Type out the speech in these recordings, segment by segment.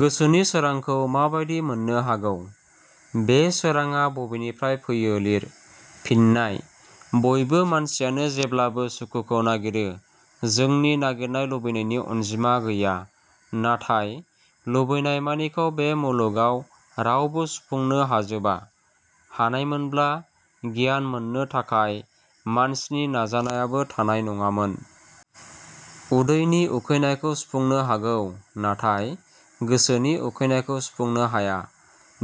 गोसोनि सोरांखौ माबादि मोननो हागौ? बे सोराङा बबेनिफ्राय फैयो लिर। फिननाय: बयबो मानसियानो जेब्लाबो सुखुखौ नागिरो। जोंनि नागिरनाय लुबैनायनि अनजिमा गैया। नाथाय लुबैनाय मानिखौ बे मुलुगाव रावबो सुफुंनो हाजोबा। हानायमोनब्ला गियान मोननो थाखाय मानसिनि नाजानायाबो थानाय नङामोन। उदैनि उखैनायखौ सुफुंनो हागौ, नाथाय् गोसोनि उखैनायखौ सुफुंनो हाया।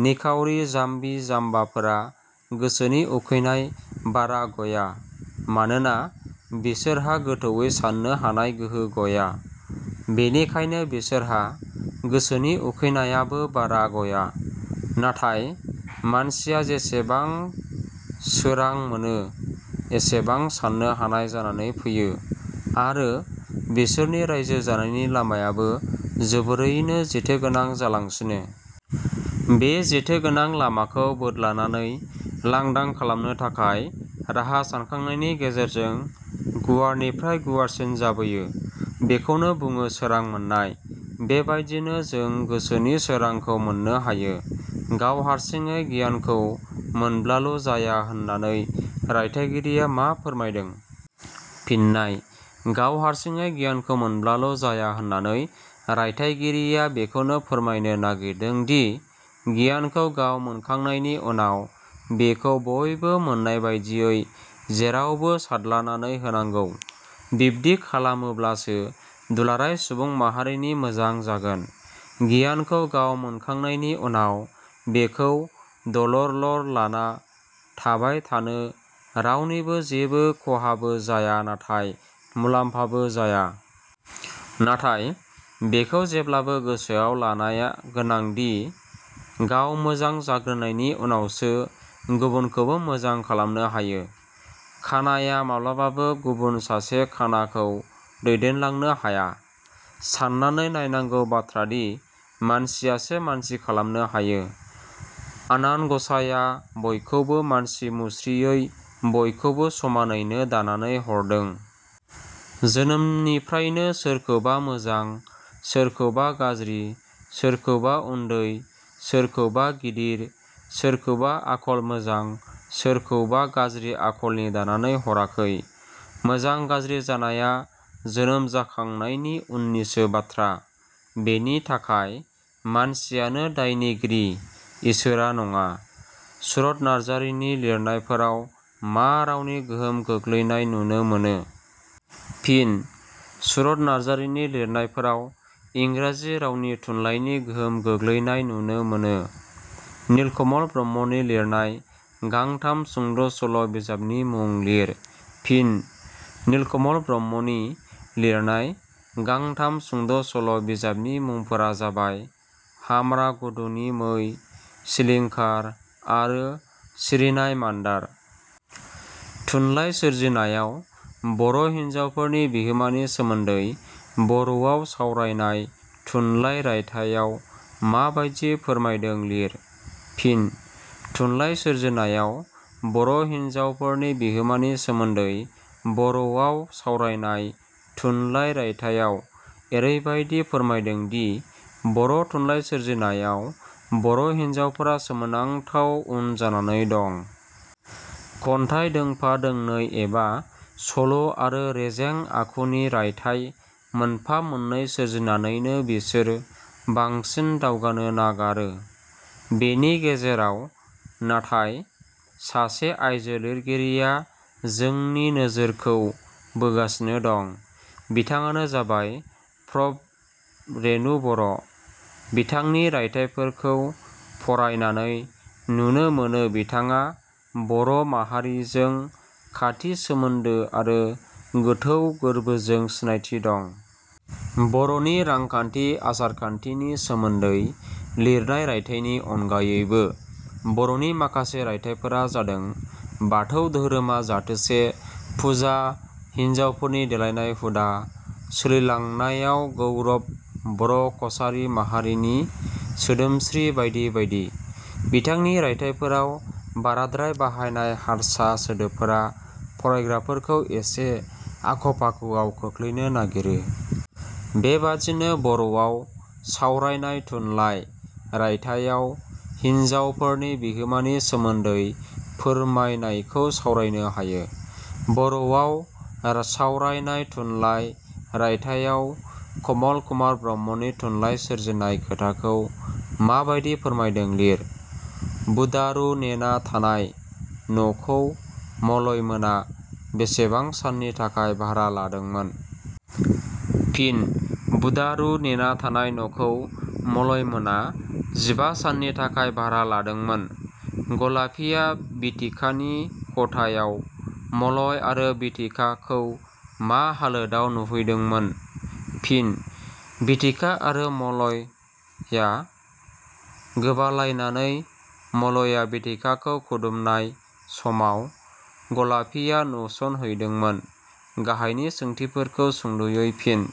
निखावरि जाम्बि- जाम्बाफोरा गोसोनि उखैनाय बारा गया मानोना बिसोरहा गोथौवै साननो हानाय गोहो गया। बेनिखायनो बिसोरहा गोसोनि उखैनायाबो बारा गया। नाथाय मानसिया जेसेबा सोरां मोनो एसेबां साननो हानाय जानानै फैयो आरो बिसोरनि राइजो जानायनि लामायाबो जोबोरैनो जेथो गोनां जालांसिनो। बे जेथो गोनां लामाखौ बोदलानानै लांदां खालामनो थाखाय राहा सानखांनायनि गेजेरजों गुवारनिफ्राय गुवारसिन जाबोयो। बेखौनो बुङो सोरां मोननाय। बेबादिनो जों गोसोनि सोरांखौ मोननो हायो। गाव हारसिङै गियानखौ मोनब्लाल' जाया होननानै रायथाइगिरिया मा फोरमायदों? फिननाय: गाव हारसिङै गियानखौ मोनब्लाल' जाया होननानै रायथाइ गिरिया बेखौनो फोरमायनो नागिरदोंदि गियानखौ गाव मोनखांनायनि उनाव बेखौ बयबो मोननायबादियै जेरावबो सारदलानानै होनांगौ। बिब्दि खालामोब्लासो दुलाराय सुबुं माहारिनि मोजां जागोन। गिनायखौ गाव मोनखांनायनि उनाव बेखौ दलरलर लाना थाबायथानो रावनिबो जेबो खहाबो जाया नाथाय मुलाम्फाबो जाया। नाथाय बेखौ जेब्लाबो गोसोआव लानाय गोनांदि, गाव मोजां जाग्रोनायनि उनावसो गुबुनखौबो मोजां खालामनो हायो। खानाया माब्लाबाबो गुबुन सासे खानाखौ दैदेनलांनो हाया। साननानै नायनांगौ बाथ्रादि मानसियासो मानसि खालामनो हायो, आनान गसाइया बयखौबो मानसि मुस्रियै बयखौबो समानैनो दानानै हरदों। जोनोमनिफ्रायनो सोरखौबा मोजां, सोरखौबा गाज्रि, सोरखौबा उन्दै, सोरखौबा गिदिर, सोरखौबा आखल मोजां, सोरखौबा गाज्रि आखलनि दानानै हराखै। मोजां गाज्रि जानाया जोनोम जाखांनायनि उननिसो बाथ्रा। बेनि थाखाय मानसियानो दायनिगिरि, इसोरा नङा। सुरथ नारजारिनि लिरनायफोराव मा रावनि गोहोम गोग्लैनाय नुनो मोनो? फिन: सुरथ नारजारिनि लिरनायफोराव इंराजि रावनि थुनलाइनि गोहोम गोग्लैनाय नुनो मोनो। नीलकमल ब्रह्मनि लिरनाय गांथाम सुंद' सल' बिजाबनि मुं लिर। फिन: नीलकमल ब्रह्मनि लिरनाय गांथाम सुंद' सल' बिजाबनि मुंफोरा जाबाय – 'हाम्रा गुदुनि मै', 'सिलिंखार' आरो 'सिरिनाय मान्दार'। थुनलाइ सोरजिनायाव बर' हिन्जावफोरनि बिहोमानि सोमोन्दै 'बर 'वाव सावरायनाय थुनलाइ रायथाइयाव माबादियै फोरमायदों लिर। फिन: थुनलाइ सोरजिनायाव बर' हिनजावफोरनि बिहोमानि सोमोन्दै 'बर'वाव सावरायनाय थुनलाइ' रायथाइयाव एरैबादि फोरमायदोंदि बर' थुनलाइ सोरजिनायाव बर' हिनजावफोरा सोमोनांथाव उन जानानै दं। खन्थाइ दोंफा दोंनै एबा सल' आरो रेजें आखुनि रायथाइ मोनफा-मोननै सोरजिनानैनो बिसोर बांसिन दावगानो नागारो। बेनि गेजेराव नाथाय सासे आयजो लिरगिरिया जोंनि नोजोरखौ बोगासिनो दं। बिथाङानो जाबाय- प्र. रेणु बर'। बिथांनि रायथाइफोरखौ फरायनानै नुनो मोनो- बिथाङा बर' माहारिजों खाथि सोमोन्दो आरो गोथौ गोरबोजों सिनायथि दं। बर 'नि रांखान्थि आसारखान्थिनि सोमोन्दै लिरनाय रायथाइनि अनगायैबो बर 'नि माखासे रायथाइफोरा जादों- बाथौ धोरोमा जाथोसे फुजा हिन्जावफोरनि देलायनाय हुदा, सोलिलांनायाव गौरब बर' कसारी माहारिनि सोदोमस्रि बायदि बायदि। बिथांनि रायथाइफोराव बाराद्राय बाहायनाय हारसा सोदोबफोरा फरायग्राफोरखौ एसे आख'-फाख'आव खोख्लैनो नागिरो। बेबादिनो 'बर 'वाव सावरायनाय थुनलाइ' रायथाइयाव हिनजावफोरनि बिहोमानि सोमोन्दै फोरमायनायखौ सावरायनो हायो। 'बर 'वाव सावरायनाय थुनलाइ' रायथाइयाव कमल कुमार ब्रह्मनि थुनलाइ सोरजिनाय खोथाखौ माबादि फोरमायदों लिर। बुदारु नेना थानाय नखौ मलयमोना बेसेबां साननि थाखाय भारा लादोंमोन? फिनः बुदारु नेना थानाय नखौ मलयमोना जिबा साननि थाखाय भारा लादोंमोन। गलापीया बिथिकानि खथायाव मलय आरो बिथिकाखौ मा हालोदाव नुहैदोंमोन? फिनः बिथिका आरो मलया गोबालायनानै मलया बिथिकाखौ खुदुमनाय समाव गलापिया नुसनहैदोंमोन। गाहायनि सोंथिफोरखौ सुंद 'यै फिन।